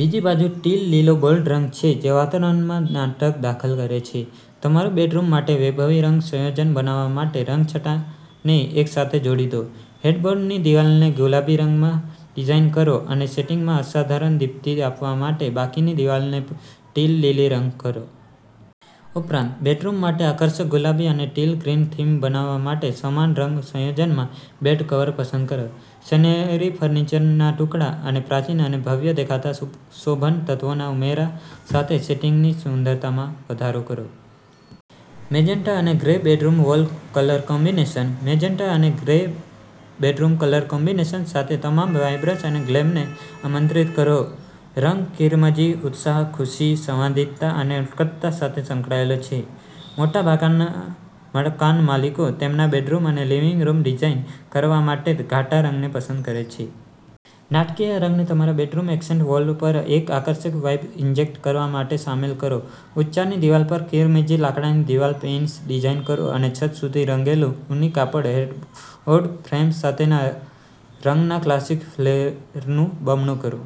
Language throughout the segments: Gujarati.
બીજી બાજુ, ટીલ લીલો બોલ્ડ રંગ છે જે વાતાવરણમાં નાટક દાખલ કરે છે. તમારા બેડરૂમ માટે વૈભવી રંગ સંયોજન બનાવવા માટે રંગછટાને એકસાથે જોડી દો. હેડબોર્ડની દિવાલને ગુલાબી રંગમાં ડિઝાઇન કરો અને સેટિંગમાં અસાધારણ દીપ્તિ આપવા માટે બાકીની દિવાલને ટીલ લીલી રંગ કરો. ઉપરાંત, બેડરૂમ માટે આકર્ષક ગુલાબી અને ટીલ ગ્રીન થીમ બનાવવા માટે સમાન રંગ સંયોજનમાં બેડ કવર પસંદ કરો. સોનેરી ફર્નિચરના ટુકડા અને પ્રાચીન અને ભવ્ય દેખાતા સુશોભન તત્વોના ઉમેરા સાથે સેટિંગની સુંદરતામાં વધારો કરો. મેજેન્ટા અને grey bedroom wall colour combination. Magenta અને ગ્રે બેડરૂમ કલર કોમ્બિનેશન સાથે તમામ વાઇબ્રન્સ અને ગ્લેમને આમંત્રિત કરો રંગ "કિરમજી" ઉત્સાહ, ખુશી, સંવાદિતા અને ઉત્કટતા સાથે સંકળાયેલ છે. મોટાભાગના મકાનમાલિકો તેમના બેડરૂમ અને લિવિંગ રૂમ ડિઝાઇન કરવા માટે ઘાટા રંગને પસંદ કરે છે. નાટકીય રંગને તમારા બેડરૂમમાં એક્સેન્ટ વોલ પર એક આકર્ષક વાઇબ ઇન્જેક્ટ કરવા માટે સામેલ કરો. ઉચ્ચારની દિવાલ પર કિરમજી લાકડાની દિવાલ પેનલ્સ ડિઝાઇન કરો અને છત સુધી રંગેલું ઊની કાપડમાં હેડબોર્ડ ફ્રેમ સાથે રંગના ક્લાસિક ફ્લેરને બમણું કરો.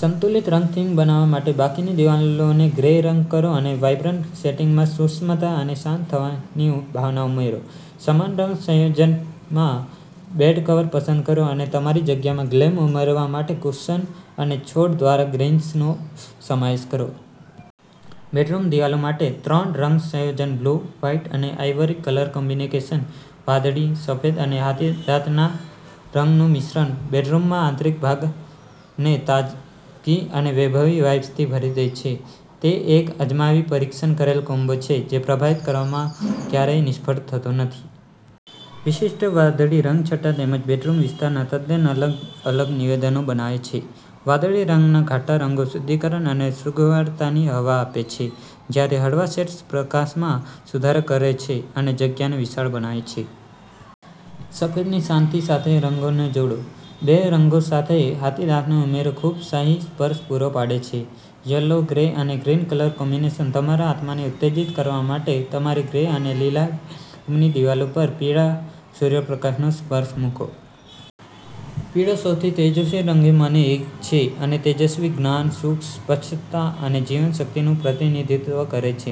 સંતુલિત રંગ થીમ બનાવવા માટે બાકીની દિવાલોને ગ્રે રંગ કરો અને વાઇબ્રન્ટ સેટિંગમાં સૂક્ષ્મતા અને શાંત થવાની ભાવના ઉમેરો. સમાન રંગ સંયોજનમાં બેડકવર પસંદ કરો અને તમારી જગ્યામાં ગ્લેમ ઉમેરવા માટે કુશન અને છોડ દ્વારા ગ્રીન્સનો સમાવેશ કરો. બેડરૂમ દિવાલો માટે ત્રણ રંગ સંયોજન બ્લુ, વ્હાઇટ અને આઇવરી કલર કોમ્બિનેશન વાદળી, સફેદ અને હાથીદાંતના રંગનું મિશ્રણ બેડરૂમના આંતરિક ભાગને તાજગી અને વૈભવી વાઇબ્સથી ભરી દે છે તે એક અજમાવી-પરીક્ષણ કરેલ કલર કોમ્બો છે જે પ્રભાવિત કરવામાં ક્યારેય નિષ્ફળ થતો નથી! વિશિષ્ટ વાદળી રંગછટા તમારા બેડરૂમ વિસ્તારમાં તદ્દન અલગ અલગ નિવેદનો બનાવે છે. વાદળીના ઘાટા રંગો શુદ્ધિકરણ અને સુઘડતાની હવા આપે છે, જ્યારે હળવા શેડ્સ પ્રકાશમાં સુધારો કરે છે અને જગ્યાને વિશાળ બનાવે છે. સફેદની શાંતિ સાથે રંગોને જોડો. બે રંગો સાથે હાથીદાંતનો ઉમેરો ખૂબશાહી સ્પર્શ પૂરો પાડે છે. યલો, ગ્રે અને ગ્રીન કલર કોમ્બિનેશન તમારા આત્માને ઉત્તેજીત કરવા માટે તમારી ગ્રે અને લીલા બેડરૂમની દિવાલો પર પીળા સૂર્યપ્રકાશનો સ્પર્શ મૂકો. પીળોસૌથી તેજસ્વી રંગોમાંનો એક છે અને તે તેજસ્વી, જ્ઞાન, સુખ, સ્પષ્ટતા અને જીવનશક્તિનું પ્રતિનિધિત્વ કરે છે.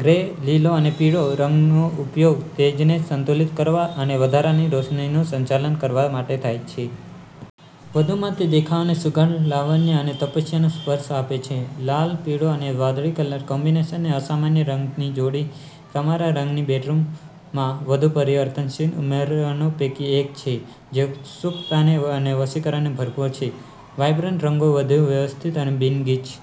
ગ્રે, લીલો અને પીળો રંગનો ઉપયોગ તેજને સંતુલિત કરવા અને વધારાની રોશનીનું સંચાલન કરવા માટે થાય છે. વધુમાં, તે દેખાવને સુઘડ લાવણ્ય અને તપસ્યાનો સ્પર્શ આપે છે. લાલ, પીળો અને વાદળી કલર કોમ્બિનેશન અસામાન્ય રંગની જોડી તમારા રંગીન બેડરૂમમાં વધુ પરિવર્તનશીલ ઉમેરણો પૈકી એક છે, જે ઉત્સુકતા અને વશીકરણથી ભરપૂર છે. વાઇબ્રન્ટ રંગો વધુ વ્યવસ્થિત અને બિન-ગીચ